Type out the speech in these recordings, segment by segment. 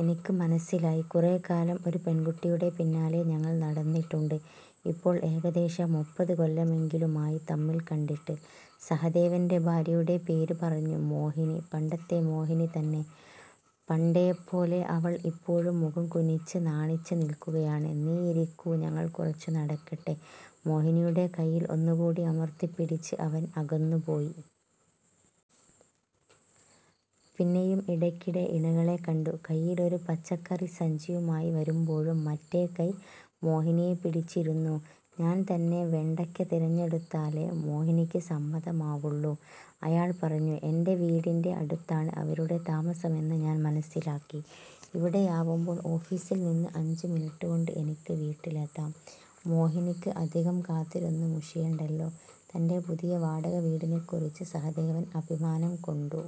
എനിക്ക് മനസ്സിലായി. കുറേക്കാലം ഒരു പെൺകുട്ടിയുടെ പിന്നാലെ ഞങ്ങൾ നടന്നിട്ടുണ്ട്. ഇപ്പോൾ ഏകദേശം മുപ്പതുകൊല്ലമെങ്കിലുമായി തമ്മിൽ കണ്ടിട്ട്. സഹദേവന്റെ ഭാര്യയുടെ പേരുപറഞ്ഞു:മോഹിനി. പണ്ടത്തെ മോഹിനി തന്നെ. പണ്ടേപ്പോലെ അവൾ ഇപ്പോഴും മുഖംകുനിച്ച് നാണിച്ചു നിൽക്കുകയാണ്. ''നീയിരിക്കൂ. ഞങ്ങൾ കുറച്ചുനടക്കട്ടെ. ''മോഹിനിയുടെ കൈയിൽ ഒന്നുകൂടി അമർത്തിപ്പിടിച്ച് അവൻ അകന്നുപോയി. പിന്നെയും ഇടയ്ക്കിടെ ഇണകളെ കണ്ടു. കൈയിലൊരു പച്ചക്കറിസഞ്ചിയുമായി വരുമ്പോഴും മറ്റേക്കൈ മോഹിനിയെ പിടിച്ചിരുന്നു. ''ഞാൻതന്നെ വെണ്ടയ്ക്ക തിരഞ്ഞെടുത്താലേ മോഹിനിക്ക് സമ്മതമാവുള്ളൂ'',അയാൾ പറഞ്ഞു. എന്റെ വീടിന്റെ അടുത്താണ് അവരുടെ താമസമെന്ന് ഞാൻ മനസ്സിലാക്കി. ''ഇവിടെയാവുമ്പോൾ ഓഫീസിൽനിന്ന് അഞ്ചുമിനിട്ടുകൊണ്ട് എനിക്ക് വീട്ടിലെത്താം. മോഹിനിക്ക് അധികം കാത്തിരുന്ന് മുഷിയണ്ടല്ലോ. '',തന്റെ പുതിയ വാടകവീടിനെക്കുറിച്ച് സഹദേവൻ അഭിമാനംകൊണ്ടു.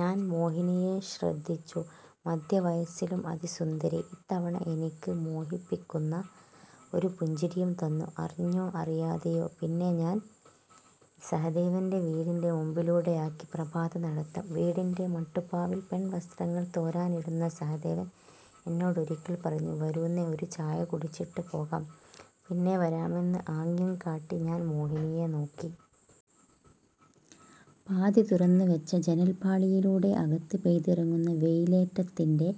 ഞാൻ മോഹിനിയെ ശ്രദ്ധിച്ചു. മധ്യവയസ്സിലും അതിസുന്ദരി. ഇത്തവണ എനിക്ക് മോഹിപ്പിക്കുന്ന ഒരു പുഞ്ചിരിയും തന്നു. അറിഞ്ഞോ അറിയാതെയോ. പിന്നെ ഞാൻ സഹദേവന്റെ വീടിന്റെ മുമ്പിലൂടെയാക്കി പ്രഭാതനടത്തം. വീടിന്റെ മട്ടുപ്പാവിൽ പെൺവസ്ത്രങ്ങൾ തോരാനിടുന്ന സഹദേവൻ എന്നോടൊരിക്കൽ പറഞ്ഞു:''വരൂന്നേ, ഒരു ചായകുടിച്ചിട്ട് പോകാം. ''പിന്നെവരാമെന്ന് ആംഗ്യംകാട്ടി ഞാൻ മോഹിനിയെ നോക്കി. പാതി തുറന്നുവെച്ച ജനൽപ്പാളിയിലൂടെ അകത്ത് പെയ്തിറങ്ങുന്ന വെയിലേറ്റത്തിന്റെ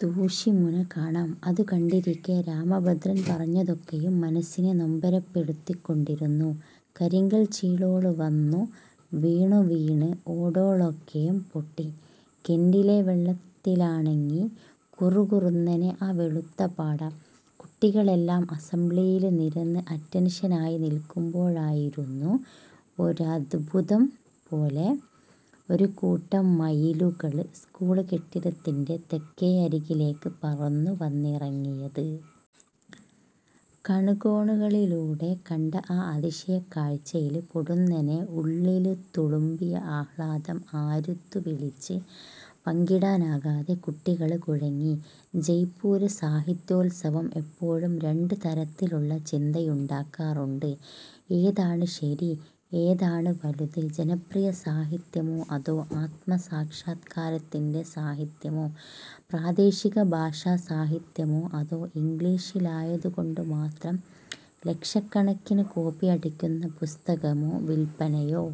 തൂശിമുന കാണാം. അതുകണ്ടിരിക്കെ രാമഭദ്രൻ പറഞ്ഞതൊക്കെയും മനസ്സിനെ നൊമ്പരപ്പെടുത്തിക്കൊണ്ടിരുന്നു. ''കരിങ്കൽച്ചീളോള് വന്നു വീണുവീണ് ഓടോളൊക്കേം പൊട്ടി. കെന്റിലെ വെള്ളത്തിലാണങ്ങി കുറുകുറുന്നനെ ആ വെളുത്ത പാട. കുട്ടികളെല്ലാം അസംബ്ലിയില് നിരന്ന് അറ്റന്ഷനായി നില്ക്കുമ്പോഴായിരുന്നു ഒരദ്ഭുതംപോലെ, ഒരുകൂട്ടം മയിലുകള് സ്കൂള് കെട്ടിടത്തിന്റെ തെക്കേയരികിലേക്ക് പറന്നുവന്നിറങ്ങിയത്. കണ്കോണുകളിലൂടെ കണ്ട ആ അതിശയക്കാഴ്ചയില് പൊടുന്നനെ ഉള്ളില്ത്തുളുമ്പിയ ആഹ്ലാദം ആര്ത്തുവിളിച്ച് പങ്കിടാനാകാതെ കുട്ടികള് കുഴങ്ങി. ജയ്പൂര് സാഹിത്യോത്സവം എപ്പോഴും രണ്ട് തരത്തിലുള്ള ചിന്തയുണ്ടാക്കാറുണ്ട്:ഏതാണ് ശരി. ഏതാണ് വലുത്. ജനപ്രിയസാഹിത്യമോ അതോ'ആത്മസാക്ഷാത്കാര'ത്തിന്റെ സാഹിത്യമോ. പ്രാദേശിക ഭാഷാ സാഹിത്യമോ അതോ ഇംഗ്ലീഷിലായതുകൊണ്ടുമാത്രം ലക്ഷക്കണക്കിന് കോപ്പി അടിയ്ക്കുന്ന പുസ്തകമോ. വില്പ്പനയോ